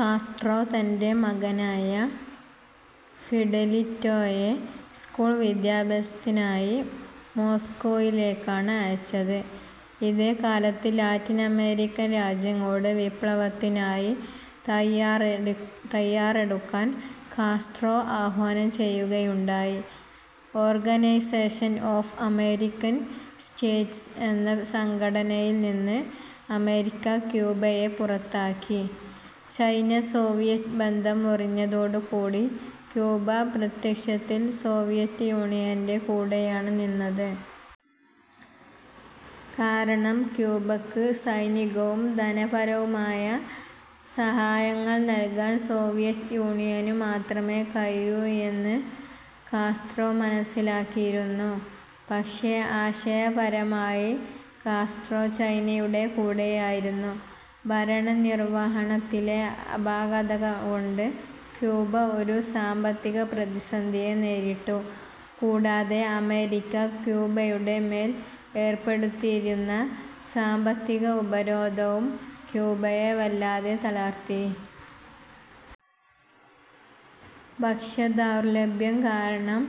Castro തൻറെ മകനായ ഫിഡെലിറ്റോയെ സ്കൂൾ വിദ്യാഭ്യാസത്തിനായി മോസ്കോയിലേക്കാണ് അയച്ചത്. ഇതേകാലത്ത് ലാറ്റിനമേരിക്കൻ രാജ്യങ്ങളോട് വിപ്ലവത്തിനായി തയ്യാറെടുക്കാൻ കാസ്ട്രോ ആഹ്വാനം ചെയ്യുകയുണ്ടായി. ഓർഗനൈസേഷൻ ഓഫ് അമേരിക്കൻ സ്റ്റേറ്റ്സ് എന്ന സംഘടനയിൽനിന്ന് അമേരിക്ക ക്യൂബയെ പുറത്താക്കി. ചൈന സോവിയറ്റ് ബന്ധം മുറിഞ്ഞതോടുകൂടി ക്യൂബ പ്രത്യക്ഷത്തിൽ സോവിയറ്റ് യൂണിയൻറെ കൂടെയാണ് നിന്നത്. കാരണം ക്യൂബയ്ക്ക് സൈനികവും ധനപരവുമായ സഹായങ്ങൾ നൽകാൻ സോവിയറ്റ് യൂണിയനു മാത്രമേ കഴിയൂ എന്ന് കാസ്ട്രോ മനസ്സിലാക്കിയിരുന്നു. പക്ഷേ ആശയപരമായി കാസ്ട്രോ ചൈനയുടെ കൂടെയായിരുന്നു. ഭരണനിർവഹണത്തിലെ അപാകതകൊണ്ട് ക്യൂബ ഒരു സാമ്പത്തിക പ്രതിസന്ധിയെ നേരിട്ടു. കൂടാതെ അമേരിക്ക ക്യൂബയുടെ മേൽ ഏർപ്പെടുത്തിയിരുന്ന സാമ്പത്തിക ഉപരോധവും ക്യൂബയെ വല്ലാതെ തളർത്തി. ഭക്ഷ്യദൗർലഭ്യം കാരണം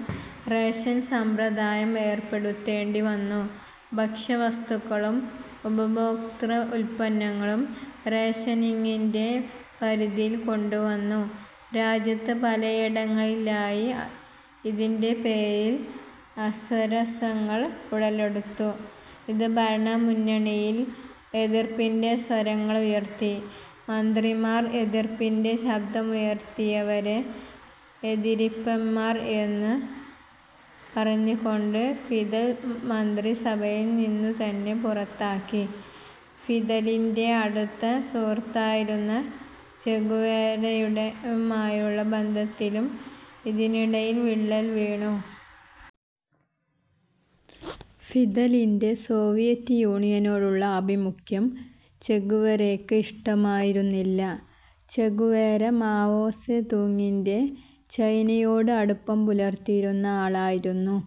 റേഷൻ സമ്പ്രദായം ഏർപ്പെടുത്തേണ്ടിവന്നു. ഭക്ഷ്യവസ്തുക്കളും ഉപഭോക്തൃ ഉൽപ്പന്നങ്ങളും റേഷനിങ്ങിൻറെ പരിധിയിൽ കൊണ്ടുവന്നു. രാജ്യത്ത് പലയിടങ്ങളിലായി ഇതിൻറെ പേരിൽ അസ്വാരസ്യങ്ങൾ ഉടലെടുത്തു. ഇത് ഭരണ മുന്നണിയിൽ എതിർപ്പിൻറെ സ്വരങ്ങളുയർത്തി. മന്ത്രിമാരിൽ എതിർപ്പിൻറെ ശബ്ദമുയർത്തിയവരെ പിന്തിരിപ്പന്മാർ എന്നു പറഞ്ഞുകൊണ്ട് ഫിദൽ മന്ത്രിസഭയിൽനിന്നുതന്നെ പുറത്താക്കി. ഫിദലിൻറെ അടുത്ത സുഹൃത്തായിരുന്ന ചെഗുവേരയുമായുള്ള ബന്ധത്തിലും ഇതിനിടെ വിള്ളൽ വീണു. ഫിദലിൻറെ സോവിയറ്റ് യൂണിയനോടുള്ള ആഭിമുഖ്യം ചെഗുവേരയ്ക്ക് ഇഷ്ടമായിരുന്നില്ല. ചെ ഗുവേര മാവോ സേ തൂങ്ങിൻറെ ചൈനയോട് അടുപ്പം പുലർത്തിയിരുന്ന ആളായിരുന്നു.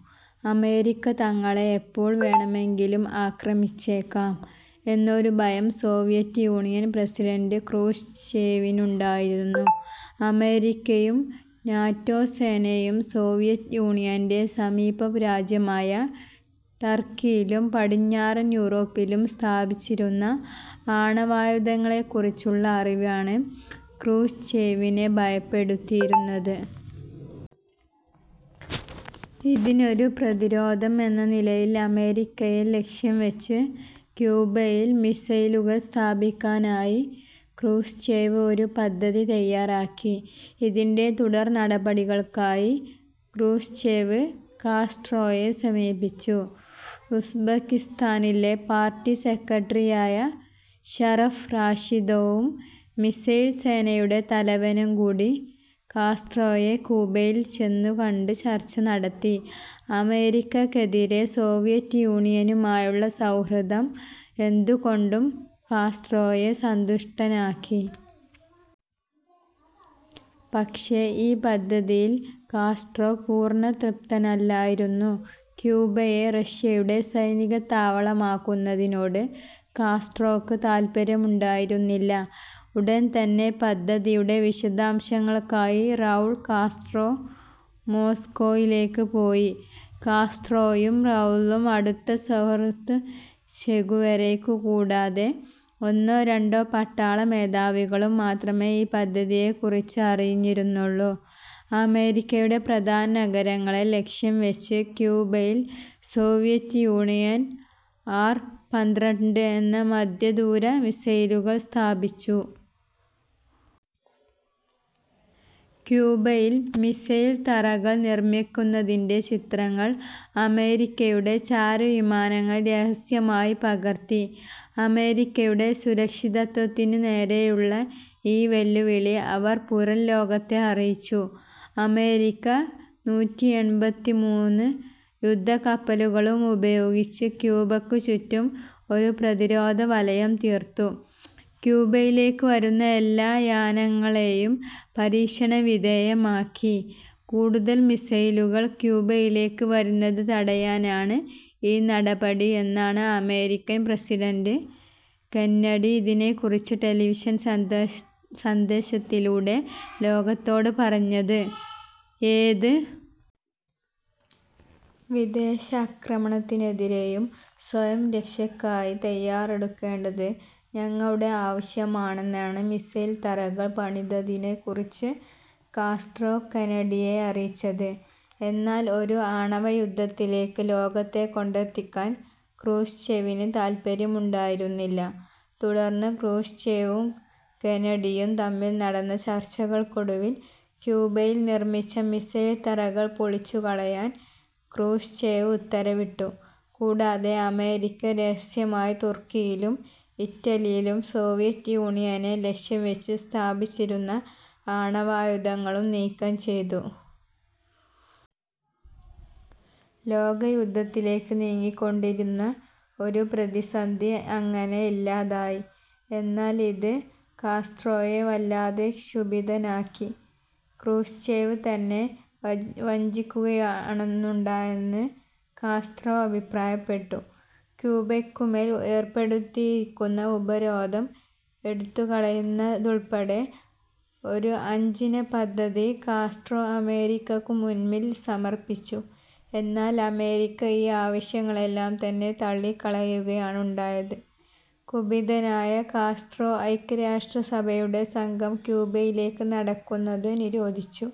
അമേരിക്ക തങ്ങളെ എപ്പോൾ വേണമെങ്കിലും ആക്രമിച്ചേക്കാം എന്നൊരു ഭയം സോവിയറ്റ് യൂണിയൻ പ്രസിഡന്റ് ക്രൂഷ്ചേവിനുണ്ടായിരുന്നു. അമേരിക്കയും നാറ്റോ സേനയും സോവിയറ്റ് യൂണിയൻറെ സമീപരാജ്യമായ ടർക്കിയിലും പടിഞ്ഞാറൻ യൂറോപ്പിലും സ്ഥാപിച്ചിരുന്ന ആണവായുധങ്ങളെക്കുറിച്ചുള്ള അറിവാണ് ക്രൂഷ്ചേവിനെ ഭയപ്പെടുത്തിയിരുന്നത്. ഇതിനൊരു പ്രതിരോധം എന്ന നിലയിൽ അമേരിക്കയെ ലക്ഷ്യംവെച്ച് ക്യൂബയിൽ മിസൈലുകൾ സ്ഥാപിക്കാനായി ക്രൂഷ്ചേവ് ഒരു പദ്ധതി തയ്യാറാക്കി. ഇതിൻറെ തുടർനടപടികൾക്കായി ക്രൂഷ്ചേവ് കാസ്ട്രോയെ സമീപിച്ചു. ഉസ്ബക്കിസ്ഥാനിലെ പാർട്ടി സെക്രട്ടറിയായ ഷറഫ് റാഷിദോവും മിസൈൽ സേനയുടെ തലവനും കൂടി കാസ്ട്രോയെ ക്യൂബയിൽ ചെന്നുകണ്ട് ചർച്ച നടത്തി. അമേരിക്കക്കെതിരേ സോവിയറ്റ് യൂണിയനുമായുള്ള സൗഹൃദം എന്തുകൊണ്ടും കാസ്ട്രോയെ സന്തുഷ്ടനാക്കി. പക്ഷേ ഈ പദ്ധതിയിൽ കാസ്ട്രോ പൂർണ്ണ തൃപ്തനല്ലായിരുന്നു. ക്യൂബയെ റഷ്യയുടെ സൈനികത്താവളമാക്കുന്നതിനോട് കാസ്ട്രോയ്ക്ക് താൽപര്യമുണ്ടായിരുന്നില്ല. ഉടൻതന്നെ പദ്ധതിയുടെ വിശദാംശങ്ങൾക്കായി റൗൾ കാസ്ട്രോ മോസ്കോയിലേക്ക് പോയി. കാസ്ട്രോയും റൗളും അടുത്ത സുഹൃത്ത് ചെ ഗുവേരയും കൂടാതെ ഒന്നോ രണ്ടോ പട്ടാള മേധാവികളും മാത്രമേ ഈ പദ്ധതിയെക്കുറിച്ച് അറിഞ്ഞിരുന്നുള്ളൂ. അമേരിക്കയുടെ പ്രധാന നഗരങ്ങളെ ലക്ഷ്യംവെച്ച് ക്യൂബയിൽ സോവിയറ്റ് യൂണിയൻ ആർ പന്ത്രണ്ട് എന്ന മധ്യദൂര മിസൈലുകൾ സ്ഥാപിച്ചു. ക്യൂബയിൽ മിസൈൽത്തറകൾ നിർമ്മിക്കുന്നതിൻറെ ചിത്രങ്ങൾ അമേരിക്കയുടെ ചാരവിമാനങ്ങൾ രഹസ്യമായി പകർത്തി. അമേരിക്കയുടെ സുരക്ഷിതത്വത്തിനു നേരെയുള്ള ഈ വെല്ലുവിളി അവർ പുറംലോകത്തെ അറിയിച്ചു. അമേരിക്ക നൂറ്റിയെൺപത്തിമൂന്ന് യുദ്ധക്കപ്പലുകളുപയോഗിച്ച് ക്യൂബയ്ക്കു ചുറ്റും ഒരു പ്രതിരോധവലയം തീർത്തു. ക്യൂബയിലേക്ക് വരുന്ന എല്ലാ യാനങ്ങളേയും നിരീക്ഷണവിധേയമാക്കി. കൂടുതൽ മിസൈലുകൾ ക്യൂബയിലേക്ക് വരുന്നത് തടയാനാണ് ഈ നടപടി എന്നാണ് അമേരിക്കൻ പ്രസിഡന്റ് കെന്നഡി ഇതിനെക്കുറിച്ച് ടെലിവിഷൻ സന്ദേശത്തിലൂടെ ലോകത്തോട് പറഞ്ഞത്. ഏത് വിദേശ ആക്രമണത്തിനെതിരെയും സ്വയരക്ഷയ്ക്കായി തയ്യാറെടുക്കേണ്ടത് ഞങ്ങളുടെ ആവശ്യമാണെന്നാണ് മിസൈൽത്തറകൾ പണിതതിനെക്കുറിച്ച് കാസ്ട്രോ കെന്നഡിയെ അറിയിച്ചത്. എന്നാൽ ഒരു ആണവയുദ്ധത്തിലേക്ക് ലോകത്തെ കൊണ്ടെത്തിക്കാൻ ക്രൂഷ്ചേവിന് താൽപര്യമുണ്ടായിരുന്നില്ല. തുടർന്ന് ക്രൂഷ്ചേവും കെന്നഡിയും തമ്മിൽ നടന്ന ചർച്ചകൾക്കൊടുവിൽ ക്യൂബയിൽ നിർമ്മിച്ച മിസൈൽത്തറകൾ പൊളിച്ചുകളയാൻ ക്രൂഷ്ചേവ് ഉത്തരവിട്ടു. കൂടാതെ അമേരിക്ക രഹസ്യമായി തുർക്കിയിലും ഇറ്റലിയിലും സോവിയറ്റ് യൂണിയനെ ലക്ഷ്യംവെച്ച് സ്ഥാപിച്ചിരുന്ന ആണവായുധങ്ങളും നീക്കം ചെയ്തു. ലോകയുദ്ധത്തിലേക്ക് നീങ്ങിക്കൊണ്ടിരുന്ന ഒരു പ്രതിസന്ധി അങ്ങനെ ഇല്ലാതായി. എന്നാൽ ഇത് കാസ്ട്രോയെ വല്ലാതെ ക്ഷുഭിതനാക്കി. ക്രൂഷ്ചേവ് തന്നെ വഞ്ചിക്കുകയാണുണ്ടായതെന്ന് കാസ്ട്രോ അഭിപ്രായപ്പെട്ടു. ക്യൂബയ്ക്കുമേൽ ഏർപ്പെടുത്തിയിരുന്ന ഉപരോധം എടുത്തുകളയുന്നതുൾപ്പെടെ ഒരു അഞ്ചിന പദ്ധതി കാസ്ട്രോ അമേരിക്കയ്ക്കു മുമ്പിൽ സമർപ്പിച്ചു. എന്നാൽ അമേരിക്ക ഈ ആവശ്യങ്ങളെല്ലാം തന്നെ തള്ളിക്കളയുകയാണുണ്ടായത്. കുപിതനായ കാസ്ട്രോ ഐക്യരാഷ്ട്രസഭയുടെ സംഘം ക്യൂബയിലേക്ക് കടക്കുന്നത് നിരോധിച്ചു.